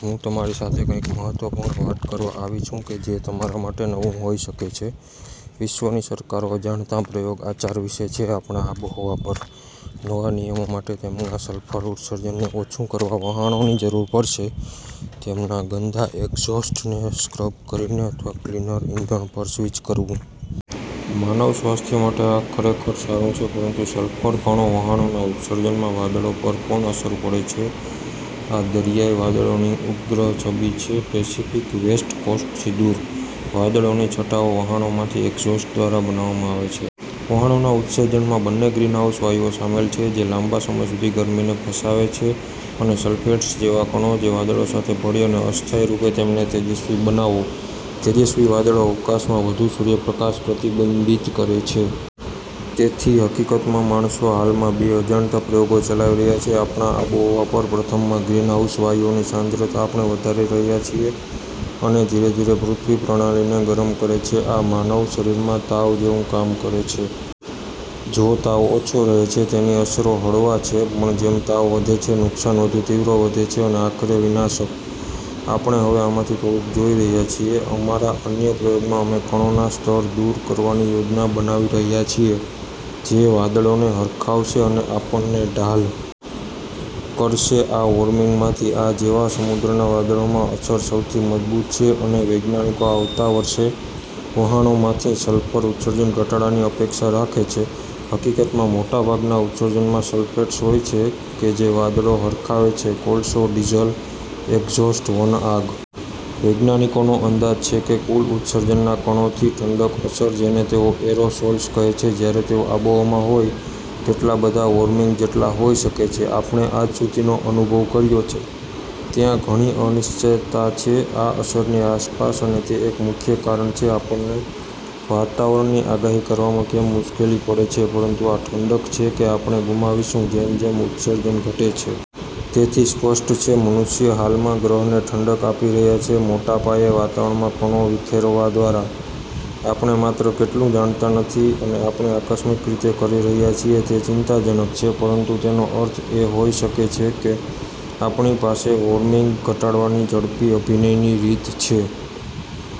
હું તમારી સાથે કંઈક મહત્વપૂર્ણ વાત કરવા આવી છું કે જે તમારા માટે નવું હોઈ શકે છે. વિશ્વની સરકારો અજાણતાં પ્રયોગ આચાર વિશે છે આપણા આબોહવા પર. નવા નિયમો માટે તેમના સલ્ફર ઉત્સર્જનને ઓછું કરવા વહાણોની જરૂર પડશે તેમના ગંદા એક્ઝોસ્ટને સ્ક્રબ કરીને અથવા ક્લિનર ઇંધણ પર સ્વિચ કરવું. માનવ સ્વાસ્થ્ય માટે આ ખરેખર સારું છે પરંતુ સલ્ફર કણો વહાણોના ઉત્સર્જનમાં વાદળો પર પણ અસર પડે છે. આ દરિયાઇ વાદળોની ઉપગ્રહ છબી છે પેસિફિક વેસ્ટ કોસ્ટથી દૂર. વાદળોની છટાઓ વહાણોમાંથી એક્ઝોસ્ટ દ્વારા બનાવવામાં આવે છે. વહાણોના ઉત્સર્જનમાં બંને ગ્રીનહાઉસ વાયુઓ શામેલ છે જે લાંબા સમય સુધી ગરમીને ફસાવે છે અને સલ્ફેટ્સ જેવા કણો કે વાદળો સાથે ભળી અને અસ્થાયી રૂપે તેમને તેજસ્વી બનાવો. તેજસ્વી વાદળો અવકાશમાં વધુ સૂર્યપ્રકાશ પ્રતિબિંબિત કરે છે. તેથી, હકીકતમાં, માણસો હાલમાં બે અજાણતાં પ્રયોગો ચલાવી રહ્યા છે આપણા આબોહવા પર. પ્રથમમાં, ગ્રીનહાઉસ વાયુઓની સાંદ્રતા આપણે વધારી રહ્યા છીએ અને ધીરે ધીરે પૃથ્વી પ્રણાલીને ગરમ કરે છે. આ માનવ શરીરમાં તાવ જેવું કામ કરે છે. જો તાવ ઓછો રહે છે, તેની અસરો હળવા છે. પણ જેમ તાવ વધે છે, નુકસાન વધુ તીવ્ર વધે છે અને આખરે વિનાશક. આપણે હવે આમાંથી થોડુંક જોઈ રહ્યા છીએ. અમારા અન્ય પ્રયોગમાં અમે કણોના સ્તર દૂર કરવાની યોજના બનાવી રહ્યા છીએ જે વાદળોને હરખાવશે અને આપણને ઢ। લ કરશે આ વોર્મિંગમાંથી. આ જેવા સમુદ્રના વાદળોમાં અસર સૌથી મજબૂત છે અને વૈજ્ઞાનિકો આવતા વર્ષે વહાણોમાંથી સલ્ફર ઉત્સર્જન ઘટાડાની અપેક્ષા રાખે છે. હકીકતમાં, મોટાભાગના ઉત્સર્જનમાં સલ્ફેટ્સ હોય છે કે જે વાદળો હરખાવે છે કોલસો, ડીઝલ એક્ઝોસ્ટ, વન આગ. વૈજ્ઞાનિકોનો અંદાજ છે કે કુલ ઉત્સર્જનના કણોથી ઠંડક અસર જેને તેઓ એરોસોલ્સ કહે છે જ્યારે તેઓ આબોહવામાં હોય તેટલા બધા વોર્મિંગ જેટલા હોઈ શકે છે આપણે આજ સુધીનો અનુભવ કર્યો છે. ત્યાં ઘણી અનિશ્ચિતતા છે આ અસરની આસપાસ અને તે એક મુખ્ય કારણ છે આપણને વાતાવરણની આગાહી કરવામાં કેમ મુશ્કેલી પડે છે પરંતુ આ ઠંડક છે કે આપણે ગુમાવીશું જેમ જેમ ઉત્સર્જન ઘટે છે. તેથી સ્પષ્ટ છે, મનુષ્ય હાલમાં ગ્રહને ઠંડક આપી રહ્યા છે મોટા પાયે વાતાવરણમાં કણો વિખેરવા દ્વારા. આપણે માત્ર કેટલું જાણતા નથી અને આપણે આકસ્મિક રીતે કરી રહ્યા છીએ. તે ચિંતાજનક છે પરંતુ તેનો અર્થ એ હોઈ શકે કે આપણી પાસે વોર્મિંગ ઘટાડવાની ઝડપી અભિનયની રીત છે.